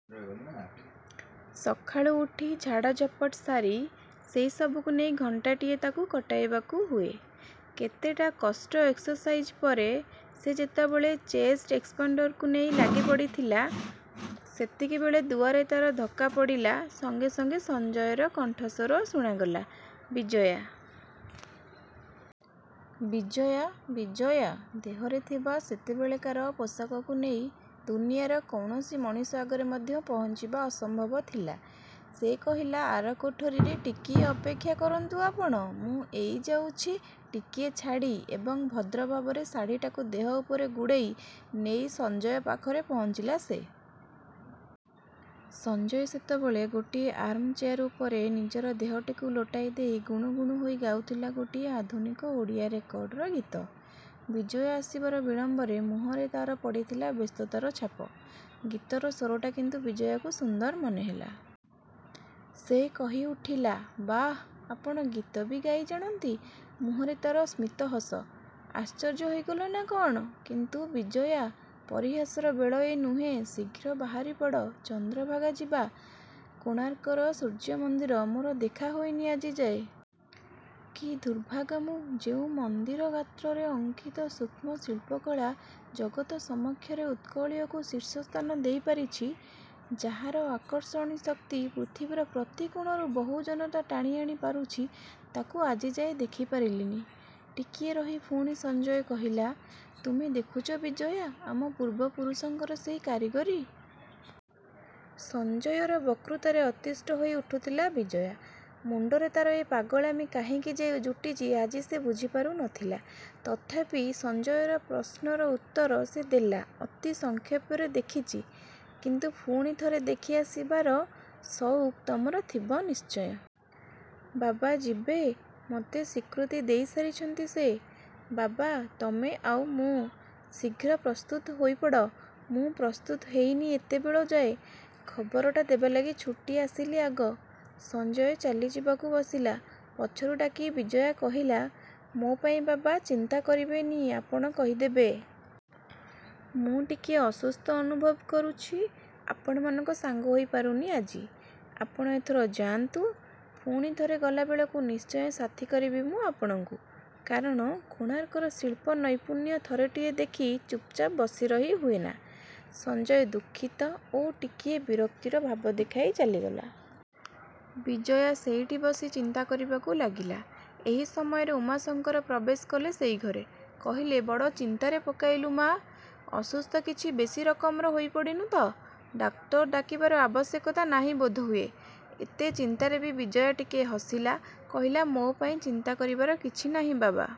ସକାଳୁ ଉଠି ଝାଡ଼ାଝପଟ ସାରି ସେଇ ସବୁକୁ ନେଇ ଘଣ୍ଟାଟିଏ ତାକୁ କଟାଇବାକୁ ହୁଏ। କେତେଟା କଷ୍ଟ ଏକ୍ସସାଇଜ୍ ପରେ ସେ ଯେତେବେଳେ ଚେଷ୍ଟ ଏକ୍ସପାଣ୍ତରକୁ ନେଇ ଲାଗି ପଡ଼ିଥିଲା ସେତିକିବେଳେ ଦୁଆରେ ତା'ର ଧକ୍କା ପଡ଼ିଲା ସଙ୍ଗେ ସଙ୍ଗେ ସଞ୍ଜୟର କଣ୍ଠସ୍ଵର ଶୁଣାଗଲା— "ବିଜୟା……. ବିଜୟା! '' ବିଜୟା ଦେହରେ ଥିବା ସେତେବେଳେକାର ପୋଷାକକୁ ନେଇ ଦୁନିଆର କୌଣସି ମଣିଷ ଆଗରେ ମଧ୍ୟ ପହଞ୍ଚିବା ଅସମ୍ଭବ ଥିଲା। ସେ କହିଲା— "ଆର କୋଠରୀରେ ଟିକିଏ ଅପେକ୍ଷା କରନ୍ତୁ ଆପଣ। ମୁଁ ଏଇ ଯାଉଚି। '' ଟିକିଏ ଛାଡ଼ି, ଏବଂ ଭଦ୍ରଭାବରେ ଶାଢ଼ିଟାକୁ ଦେହ ଉପରେ ଗୁଡ଼େଇ ନେଇ ସଞ୍ଜୟ ପାଖରେ ପହଞ୍ଚିଲା ସେ। ସଞ୍ଜୟ ସେତେବେଳେ ଗୋଟିଏ ଆର୍ମଚେୟାର ଉପରେ ନିଜର ଦେହଟିକୁ ଲୋଟାଇ ଦେଇ ଗୁଣୁ ଗୁଣୁ ହୋଇ ଗାଉଥିଲା ଗୋଟିଏ ଆଧୁନିକ ଓଡ଼ିଆ ରେକର୍ଡ଼ର ଗୀତ। ବିଜୟା ଆସିବାର ବିଳମ୍ଵରେ ମୁହଁରେ ତା'ର ପଡ଼ିଥିଲା ବ୍ୟସ୍ତତାର ଛାପ। ଗୀତର ସ୍ୱରଟା କିନ୍ତୁ ବିଜୟାକୁ ସୁନ୍ଦର ମନେ ହେଲା। ସେ କହି ଉଠିଲା— "ବାଃ, ଆପଣ ଗୀତ ବି ଗାଇ ଜାଣନ୍ତି" ମୁହଁରେ ତା'ର ସ୍ମିତ ହସ। "ଆଶ୍ଚର୍ଯ୍ୟ ହୋଇଗଲ ନା କଣ? କିନ୍ତୁ ବିଜୟା! ପରିହାସର ବେଳ ଏ ନୁହେଁ। ଶିଘ୍ର ବାହାରି ପଡ଼। ଚନ୍ଦ୍ର ଭାଗା ଯିବା। କୋଣାର୍କର ସୂର୍ଯ୍ୟ ମନ୍ଦିର ମୋର ଦେଖା ହୋଇନି ଆଜିଯାଏ। କି ଦୁର୍ଭାଗା ମୁଁ। ଯେଉଁ ମନ୍ଦିର ଗାତ୍ରରେ ଅଙ୍କିତ ସୂକ୍ଷ୍ମ ଶିଳ୍ପକଳା ଜଗତ ସମକ୍ଷରେ ଉତ୍କଳୀୟକୁ ଶୀର୍ଷ ସ୍ଥାନ ଦେଇ ପାରିଚି, ଯାହାର ଆକର୍ଷଣୀ ଶକ୍ତି ପୃଥିବୀର ପ୍ରତି କୋଣରୁ ବହୁ ଜନତା ଟାଣି ଆଣି ପାରୁଚି ତାକୁ ଆଜିଯାଏ ଦେଖି ପାରିଲିନି। '' ଟିକିଏ ରହି ପୁଣି ସଞ୍ଜୟ କହିଲା— "ତୁମେ ଦେଖୁଚ ବିଜୟା, ଆମ ପୂର୍ବ ପୁରୁଷଙ୍କର ସେଇ କାରିଗରୀ? '' ସଞ୍ଜୟର ବକୃତାରେ ଅତିଷ୍ଠ ହୋଇ ଉଠୁଥିଲା ବିଜୟା। ମୁଣ୍ତରେ ତା'ର ଏ ପାଗଳାମି କାହିଁକି ଯେ ଯୁଟିଚି ଆଜି ସେ ବୁଝିପାରୁ ନ ଥିଲା। ତଥାପି ସଞ୍ଜୟର ପ୍ରଶ୍ନର ଉତ୍ତର ସେ ଦେଲା ଅତି ସଂକ୍ଷପରେ "ଦେଖିଚି। '' "କିନ୍ତୁ ପୁଣିଥରେ ଦେଖି ଆସିବାର ସଉକ ତମର ଥିବ ନିଶ୍ଚୟ। ବାବା ଯିବେ। ମୋତେ ସ୍ଵୀକୃତି ଦେଇ ସାରିଚନ୍ତି ସେ। ବାବା, ତମେ ଆଉ ମୁଁ। ଶିଘ୍ର ପ୍ରସ୍ତୁତ ହୋଇପଡ଼। ମୁଁ ପ୍ରସ୍ତୁତ ହେଇନି ଏତେବେଳଯାଏ। ଖବରଟା ଦେବାଲାଗି ଛୁଟି। ଆସିଲି ଆଗ। '' ସଞ୍ଜୟ ଚାଲି ଯିବାକୁ ବସିଲା। ପଛରୁ ଡାକି ବିଜୟା କହିଲା—"ମୋ ପାଇଁ ବାବା ଚିନ୍ତା କରିବେ ନି ଆପଣ କହି ଦେବେ। ମୁଁ ଟିକିଏ ଅସୁସ୍ଥ ଅନୁଭବ କରୁଛି। ଆପଣମାନଙ୍କ ସାଙ୍ଗ ହେଇ ପାରୁନି ଆଜି। ଆପଣ ଏଥର ଯାଆନ୍ତୁ। ପୁଣିଥରେ ଗଲାବେଳକୁ ନିଶ୍ଚୟ ସାଥି କରିବି ମୁଁ ଆପଣଙ୍କୁ। କାରଣ କୋଣାର୍କର ଶିଳ୍ପ ନୈପୁଣ୍ୟ ଥରେଟିଏ ଦେଖି ଚୁପ ଚାପ୍ ବସିରହି ହୁଏ ନା। '' ସଞ୍ଜୟ ଦୁଃଖିତ ଓ ଟିକିଏ ବିରକ୍ତିର ଭାବ ଦେଖାଇ ଚାଲିଗଲା। ବିଜୟା ସେଇଠି ବସି ଚିନ୍ତା କରିବାକୁ ଲାଗିଲା। ଏହି ସମୟରେ ଉମାଶଙ୍କର ପ୍ରବେଶ କଲେ ସେଇ ଘରେ। କହିଲେ— "ବଡ଼ ଚିନ୍ତାରେ ପକେଇଲୁ ମା! ଅସୁସ୍ଥ କିଛି ବେଶି ରକମର ହୋଇ ପଡ଼ିନୁ ତ? ଡାକ୍ତର ଡାକିବାର ଆବଶ୍ୟକତା ନାହିଁ ବୋଧହୁଏ? '' ଏତେ ଚିନ୍ତାରେ ବି ବିଜୟା ଟିକିଏ ହସିଲା। କହିଲା "ମୋ ପାଇଁ ଚିନ୍ତା କରିବାର କିଛି ନାହିଁ ବାବା!